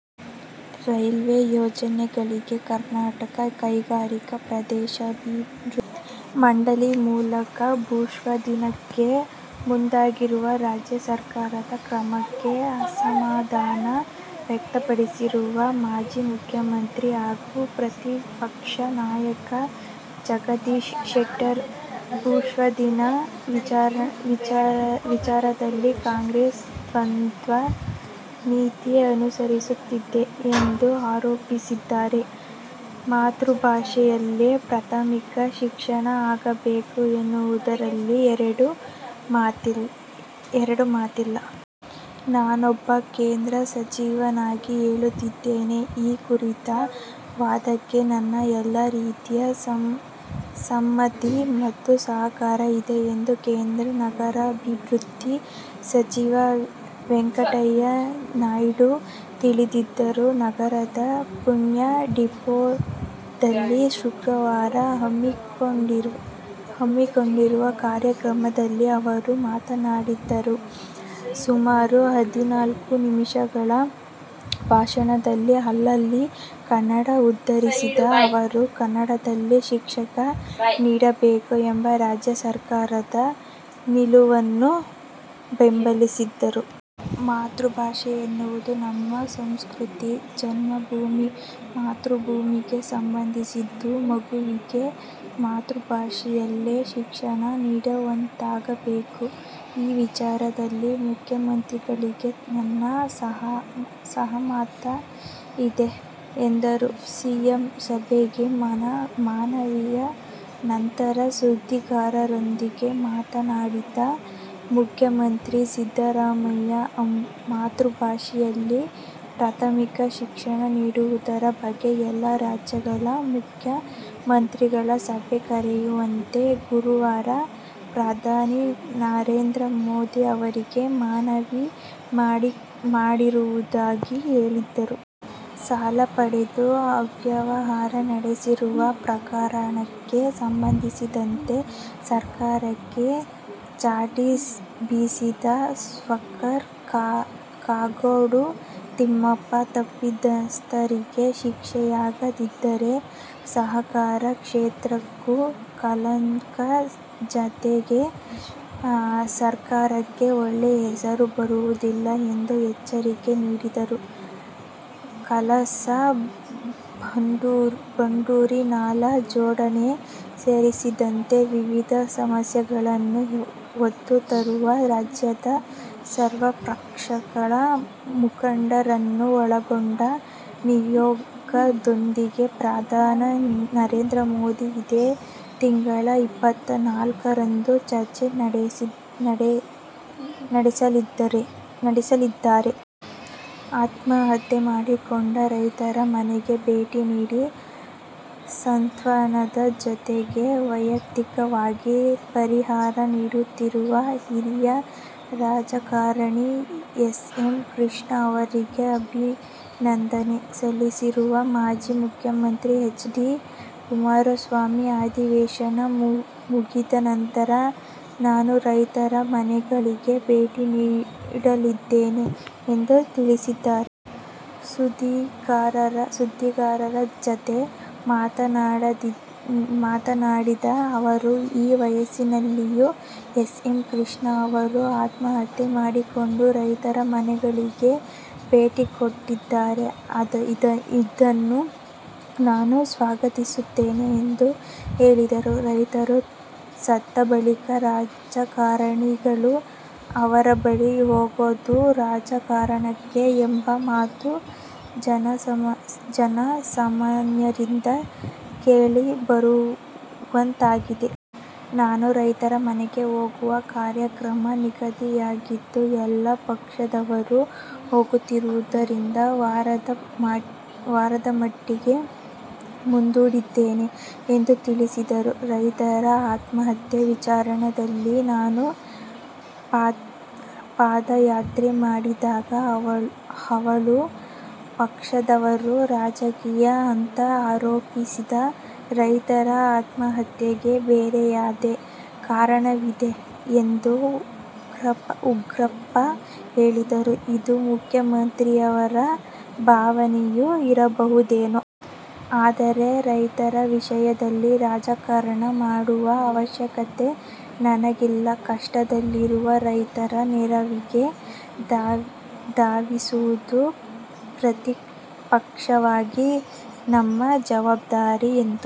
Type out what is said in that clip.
Railway ಯೋಜನೆಗಳಿಗೆ ಕರ್ನಾಟಕ ಕೈಗಾರಿಕಾ ಪ್ರದೇಶಾಭಿವೃದ್ಧಿ ಮಂಡಳಿ ಮೂಲಕ ಭೂಸ್ವಾಧೀನಕ್ಕೆ ಮುಂದಾಗಿರುವ ರಾಜ್ಯ ಸರ್ಕಾರದ ಕ್ರಮಕ್ಕೆ ಅಸಮಾಧಾನ ವ್ಯಕ್ತಪಡಿಸಿರುವ ಮಾಜಿ ಮುಖ್ಯಮಂತ್ರಿ ಹಾಗೂ ಪ್ರತಿಪಕ್ಷ ನಾಯಕ ಜಗದೀಶ್ ಶೆಟ್ಟರ್ ಭೂಸ್ವಾಧೀನ ವಿಚಾರದಲ್ಲಿ ಕಾಂಗ್ರೆಸ್ ದ್ವಂದ್ವ ನೀತಿ ಅನುಸರಿಸುತ್ತಿದೆ ಎಂದು ಆರೋಪಿಸಿದ್ದಾರೆ. "ಮಾತೃಭಾಷೆಯಲ್ಲೇ ಪ್ರಾಥಮಿಕ ಶಿಕ್ಷಣ ಆಗಬೇಕು ಎನ್ನುವುದರಲ್ಲಿ ಎರಡು ಮಾತಿಲ್ಲ. ನಾನೊಬ್ಬ ಕೇಂದ್ರ ಸಚಿವನಾಗಿ ಹೇಳುತ್ತಿದ್ದೇನೆ. ಈ ಕುರಿತ ವಾದಕ್ಕೆ ನನ್ನ ಎಲ್ಲ ರೀತಿಯ ಸಮ್ಮತಿ ಮತ್ತು ಸಹಕಾರ ಇದೆ' ಎಂದು ಕೇಂದ್ರ ನಗರಾಭಿವೃದ್ಧಿ ಸಚಿವ ವೆಂಕಯ್ಯನಾಯ್ಡು ತಿಳಿಸಿದರು. ನಗರದ ಪೀಣ್ಯ ಡಿಪೋದಲ್ಲಿ ಶುಕ್ರವಾರ ಹಮ್ಮಿಕೊಂಡಿದ್ದ ಕಾರ್ಯಕ್ರಮದಲ್ಲಿ ಅವರು ಮಾತನಾಡಿದರು. ಸುಮಾರು ಹದಿನಾಲ್ಕು ನಿಮಿಷಗಳ ಭಾಷಣದಲ್ಲಿ ಅಲ್ಲಲ್ಲಿ ಕನ್ನಡ ಉದ್ಗರಿಸಿದ ಅವರು, ಕನ್ನಡದಲ್ಲೇ ಶಿಕ್ಷಣ ನೀಡಬೇಕು ಎಂಬ ರಾಜ್ಯ ಸರ್ಕಾರದ ನಿಲುವನ್ನು ಬೆಂಬಲಿಸಿದರು. ಮಾತೃಭಾಷೆ ಎನ್ನುವುದು ನಮ್ಮ ಸಂಸ್ಕೃತಿ, ಜನ್ಮಭೂಮಿ, ಮಾತೃಭೂಮಿಗೆ ಸಂಬಂಧಿಸಿದ್ದು. ಮಗುವಿಗೆ ಮಾತೃಭಾಷೆಯಲ್ಲೇ ಶಿಕ್ಷಣ ನೀಡುವಂತಾಗಬೇಕು. ಈ ವಿಚಾರದಲ್ಲಿ ಮುಖ್ಯಮಂತ್ರಿಗಳಿಗೆ ನನ್ನ ಸಹಮತ ಇದೆ ಎಂದರು. ಸಿಎಂ ಸಭೆಗೆ ಮನವಿಯ ನಂತರ ಸುದ್ದಿಗಾರರೊಂದಿಗೆ ಮಾತನಾಡಿದ ಮುಖ್ಯಮಂತ್ರಿ ಸಿದ್ದರಾಮಯ್ಯ, ಮಾತೃಭಾಷೆಯಲ್ಲಿ ಪ್ರಾಥಮಿಕ ಶಿಕ್ಷಣ ನೀಡುವುದರ ಬಗ್ಗೆ ಎಲ್ಲ ರಾಜ್ಯಗಳ ಮುಖ್ಯಮಂತ್ರಿಗಳ ಸಭೆ ಕರೆಯುವಂತೆ ಗುರುವಾರ ಪ್ರಧಾನಿ ನರೇಂದ್ರ ಮೋದಿ ಅವರಿಗೆ ಮನವಿ ಮಾಡಿರುವುದಾಗಿ ಹೇಳಿದರು. ಸಾಲ ಪಡೆದು ಅವ್ಯವಹಾರ ನಡೆಸಿರುವ ಪ್ರಕರಣಕ್ಕೆ ಸಂಬಂಧಿಸಿದಂತೆ ಸರ್ಕಾರಕ್ಕೆ ಚಾಟಿ ಬೀಸಿದ ಸ್ಪೀಕರ್ ಕಾಗೋಡು ತಿಮ್ಮಪ್ಪ, ತಪ್ಪಿತಸ್ಥರಿಗೆ ಶಿಕ್ಷೆಯಾಗದಿದ್ದರೆ ಸಹಕಾರಿ ಕ್ಷೇತ್ರಕ್ಕೂ ಕಳಂಕ ಜತೆಗೆ ಸರ್ಕಾರಕ್ಕೆ ಒಳ್ಳೆ ಹೆಸರು ಬರುವುದಿಲ್ಲ ಎಂದು ಎಚ್ಚರಿಕೆ ನೀಡಿದರು. ಕಳಸಾ- ಬಂಡೂರಿ ನಾಲಾ ಜೋಡಣೆ ಸೇರಿದಂತೆ ವಿವಿಧ ಸಮಸ್ಯೆಗಳನ್ನು ಹೊತ್ತು ತರುವ ರಾಜ್ಯದ ಸರ್ವಪಕ್ಷಗಳ ಮುಖಂಡರನ್ನು ಒಳಗೊಂಡ ನಿಯೋಗದೊಂದಿಗೆ ಪ್ರಧಾನಿ ನರೇಂದ್ರ ಮೋದಿ ಇದೇ ತಿಂಗಳ ಇಪ್ಪತ್ತ ನಾಲ್ಕರಂದು ಚರ್ಚೆ ನಡೆಸಲಿದ್ದಾರೆ. ಆತ್ಮಹತ್ಯೆ ಮಾಡಿಕೊಂಡ ರೈತರ ಮನೆಗೆ ಭೇಟಿ ನೀಡಿ ಸಾಂತ್ವನದ ಜತೆಗೆ ವೈಯಕ್ತಿಕವಾಗಿ ಪರಿಹಾರ ನೀಡುತ್ತಿರುವ ಹಿರಿಯ ರಾಜಕಾರಣಿ ಎಸ್. ಎಂ. ಕೃಷ್ಣ ಅವರಿಗೆ ಅಭಿನಂದನೆ ಸಲ್ಲಿಸಿರುವ ಮಾಜಿ ಮುಖ್ಯಮಂತ್ರಿ ಎಚ್. ಡಿ. ಕುಮಾರಸ್ವಾಮಿ ಅಧಿವೇಶನ ಮುಗಿದ ನಂತರ ನಾನೂ ರೈತರ ಮನೆಗಳಿಗೆ ಭೇಟಿ ನೀಡಲಿದ್ದೇನೆ ಎಂದು ತಿಳಿಸಿದ್ದಾರೆ. ಸುದ್ದಿಗಾರರ ಜತೆ ಮಾತನಾಡಿದ ಅವರು ಈ ವಯಸ್ಸಿನಲ್ಲಿಯೂ ಎಸ್. ಎಂ. ಕೃಷ್ಣ ಅವರು ಆತ್ಮಹತ್ಯೆ ಮಾಡಿಕೊಂಡ ರೈತರ ಮನೆಗಳಿಗೆ ಭೇಟಿ ಕೊಟ್ಟಿದ್ದಾರೆ. ಇದನ್ನು ನಾನು ಸ್ವಾಗತಿಸುತ್ತೇನೆ ಎಂದು ಹೇಳಿದರು. ರೈತರು ಸತ್ತ ಬಳಿಕ ರಾಜಕಾರಣಿಗಳು ಅವರ ಬಳಿ ಹೋಗೋದು ರಾಜಕಾರಣಕ್ಕೆ ಎಂಬ ಮಾತು ಜನಸಾಮಾನ್ಯರಿಂದ ಕೇಳಿಬರುವಂತಾಗಿದೆ. ನಾನೂ ರೈತರ ಮನೆಗೆ ಹೋಗುವ ಕಾರ್ಯಕ್ರಮ ನಿಗದಿಯಾಗಿತ್ತು. ಎಲ್ಲ ಪಕ್ಷದವರು ಹೋಗುತ್ತಿರುವುದರಿಂದ ವಾರದ ಮಟ್ಟಿಗೆ ಮುಂದೂಡಿದ್ದೇನೆ ಎಂದು ತಿಳಿಸಿದರು. ರೈತರ ಆತ್ಮಹತ್ಯೆ ವಿಚಾರದಲ್ಲಿ ನಾನು ಪಾದಯಾತ್ರೆ ಮಾಡಿದಾಗ ಆಳುವ ಪಕ್ಷದವರು ರಾಜಕೀಯ ಅಂತ ಆರೋಪಿಸಿದರು. ರೈತರ ಆತ್ಮಹತ್ಯೆಗೆ ಬೇರೆಯದೇ ಕಾರಣವಿದೆ ಎಂದು ಉಗ್ರಪ್ಪ ಹೇಳಿದ್ದಾರೆ. ಇದು ಮುಖ್ಯಮಂತ್ರಿಯವರ ಭಾವನೆಯೂ ಇರಬಹುದೇನೋ. ಆದರೆ, ರೈತರ ವಿಷಯದಲ್ಲಿ ರಾಜಕಾರಣ ಮಾಡುವ ಅವಶ್ಯಕತೆ ನನಗಿಲ್ಲ. ಕಷ್ಟದಲ್ಲಿರುವ ರೈತರ ನೆರವಿಗೆ ಧಾವಿಸುವುದು ಪ್ರತಿಪಕ್ಷವಾಗಿ ನಮ್ಮ ಜವಾಬ್ದಾರಿ ಎಂದರು.